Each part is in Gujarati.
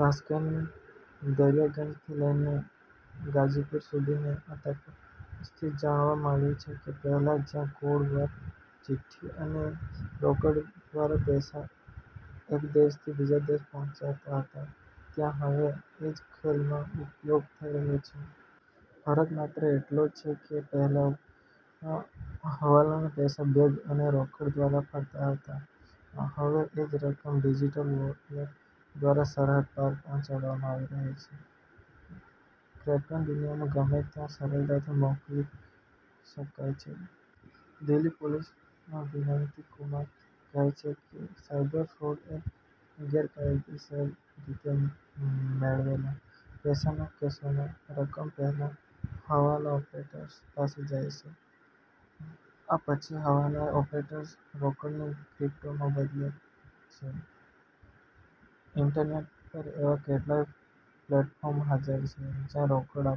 ભાસ્કરની દરિયાગંજથી લઈને ગાજીપુર સુધીની આ તપાસથી જાણવા મળ્યું કે, પહેલાં જ્યાં કોડ વર્ડ, ચિઠ્ઠીઓ અને રોકડ દ્વારા પૈસા એક દેશથી બીજા દેશ પહોંચતા હતા, ત્યાં હવે એ જ ખેલમાં ઉપયોગ થઈ રહ્યો છે. ફરક માત્ર એટલો જ છે કે પહેલાં હવાલાના પૈસા બેગ અને રોકડ દ્વારા ફરતા હતા, હવે એ જ રકમ ડિજિટલ વોલેટ દ્વારા સરહદ પાર પહોંચાડવામાં આવી રહી છે. ક્રિપ્ટોને દુનિયામાં ગમે ત્યાં સરળતાથી મોકલી શકાય છે. દિલ્હી પોલીસના વિનીત કુમાર કહે છે કે, "સાયબર ફ્રોડ કે ગેરકાયદેસર રીતે મેળવેલા પૈસાના કેસોમાં રકમ પહેલાં હવાલા ઓપરેટર્સ પાસે જાય છે. આ પછી હવાલા ઓપરેટર્સ રોકડને ક્રિપ્ટોમાં બદલે છે." ઇન્ટરનેટ પર એવા કેટલાય પ્લેટફોર્મ હાજર છે, જ્યાં રોકડ આપીને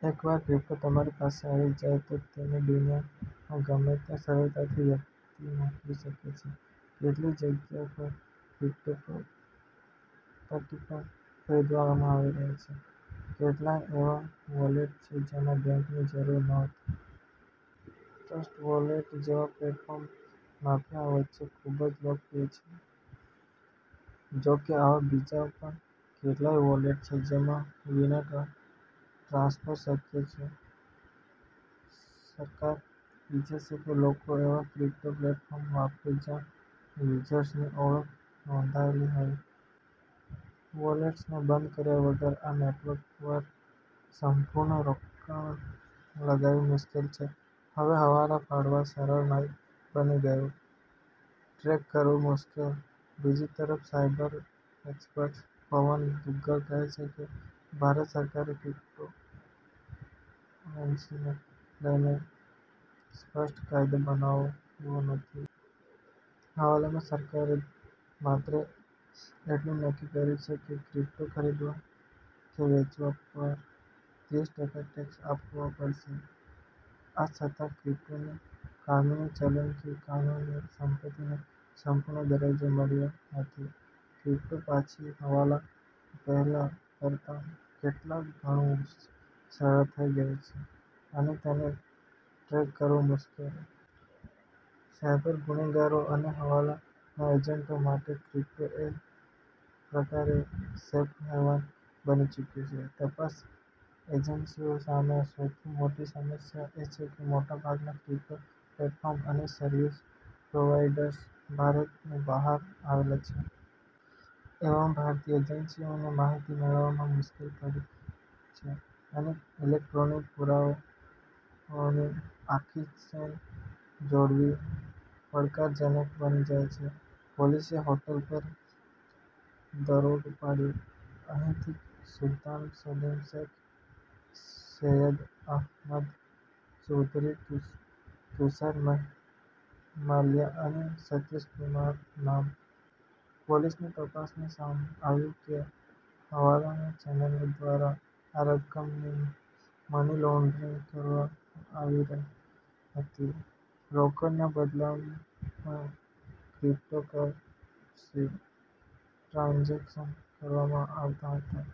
ક્રિપ્ટો ખરીદી શકાય છે. એકવાર ક્રિપ્ટો તમારી પાસે આવી જાય તો તેને દુનિયામાં ગમે ત્યાં સરળતાથી વ્યક્તિ મોકલી શકે છે. કેટલીય જગ્યાઓ પર ક્રિપ્ટોથી પ્રોપર્ટી પણ ખરીદવામાં આવી રહી છે. કેટલાય એવા વોલેટ છે, જેમાં બેંક ની જરૂર હોતી નથી. ટ્રસ્ટ વોલેટ જેવા પ્લેટફોર્મ માફિયાઓ વચ્ચે ખૂબ લોકપ્રિય છે. જોકે આવા બીજા પણ કેટલાય વોલેટ છે, જેમાં વિના ટ્રાન્સફર શક્ય છે. સરકાર ઈચ્છે છે કે, લોકો એવા ક્રિપ્ટો પ્લેટફોર્મ વાપરે જ્યાં યુઝરની ઓળખ નોંધાયેલી હોય. વોલેટ્સને બંધ કર્યા વગર આ નેટવર્ક પર સંપૂર્ણ રોક લગાવવી મુશ્કેલ છે. હવે હવાલા પાડવા સરળ બની ગયું, ટ્રેક કરવું મુશ્કેલ. બીજી તરફ, સાયબર એક્સપર્ટ પવન દુગ્ગલ કહે છે કે, "ભારત સરકારે ક્રિપ્ટોકરન્સીને લઈને સ્પષ્ટ કાયદો બનાવ્યો નથી. હાલમાં સરકારે માત્ર એટલું નક્કી કર્યું છે કે ક્રિપ્ટો ખરીદવા કે વેચવા પર ત્રીસ ટકા ટેક્સ આપવો પડશે. આ છતાં ક્રિપ્ટોને કાનૂની ચલણ કે કાનૂની સંપત્તિનો સંપૂર્ણ દરજ્જો મળ્યો નથી." ક્રિપ્ટો પછી હવાલા પહેલા કરતાં કેટલાય ગણું સરળ થઈ ગયું છે, અને તેને ટ્રેક કરવું મુશ્કેલ. સાયબર ગુનેગારો અને હવાલા એજન્ટો માટે ક્રિપ્ટો એક પ્રકારે 'સેફ હેવન' બની ચૂક્યું છે. તપાસ એજન્સીઓ સામે સૌથી મોટી સમસ્યા એ છે કે મોટાભાગના ક્રિપ્ટો પ્લેટફોર્મ અને સર્વિસ પ્રોવાઈડર્સ ભારતની બહાર આવેલા છે. એવામાં ભારતીય એજન્સીઓને માહિતી મેળવવામાં મુશ્કેલી પડે છે અને ઇલેક્ટ્રોનિક પુરાવાઓની આખી ચેન જોડવી પડકારજનક બની જાય છે. પોલીસે હોટલ પર દરોડો પાડ્યો. અહીંથી સુલ્તાન સલીમ શેખ, સૈયદ અહમદ ચૌધરી, તુષાર માલિયા અને સતીશ કુમાર નામના ચાર લોકોની ધરપકડ કરવામાં આવી. પોલીસ તપાસમાં સામે આવ્યું કે હવાલા ચેનલો દ્વારા આ રકમની મની લોન્ડરિંગ કરવામાં આવતી હતી. રોકડના બદલામાં ક્રિપ્ટોકરન્સી ટ્રાન્ઝેક્શન કરવામાં આવતા હતા.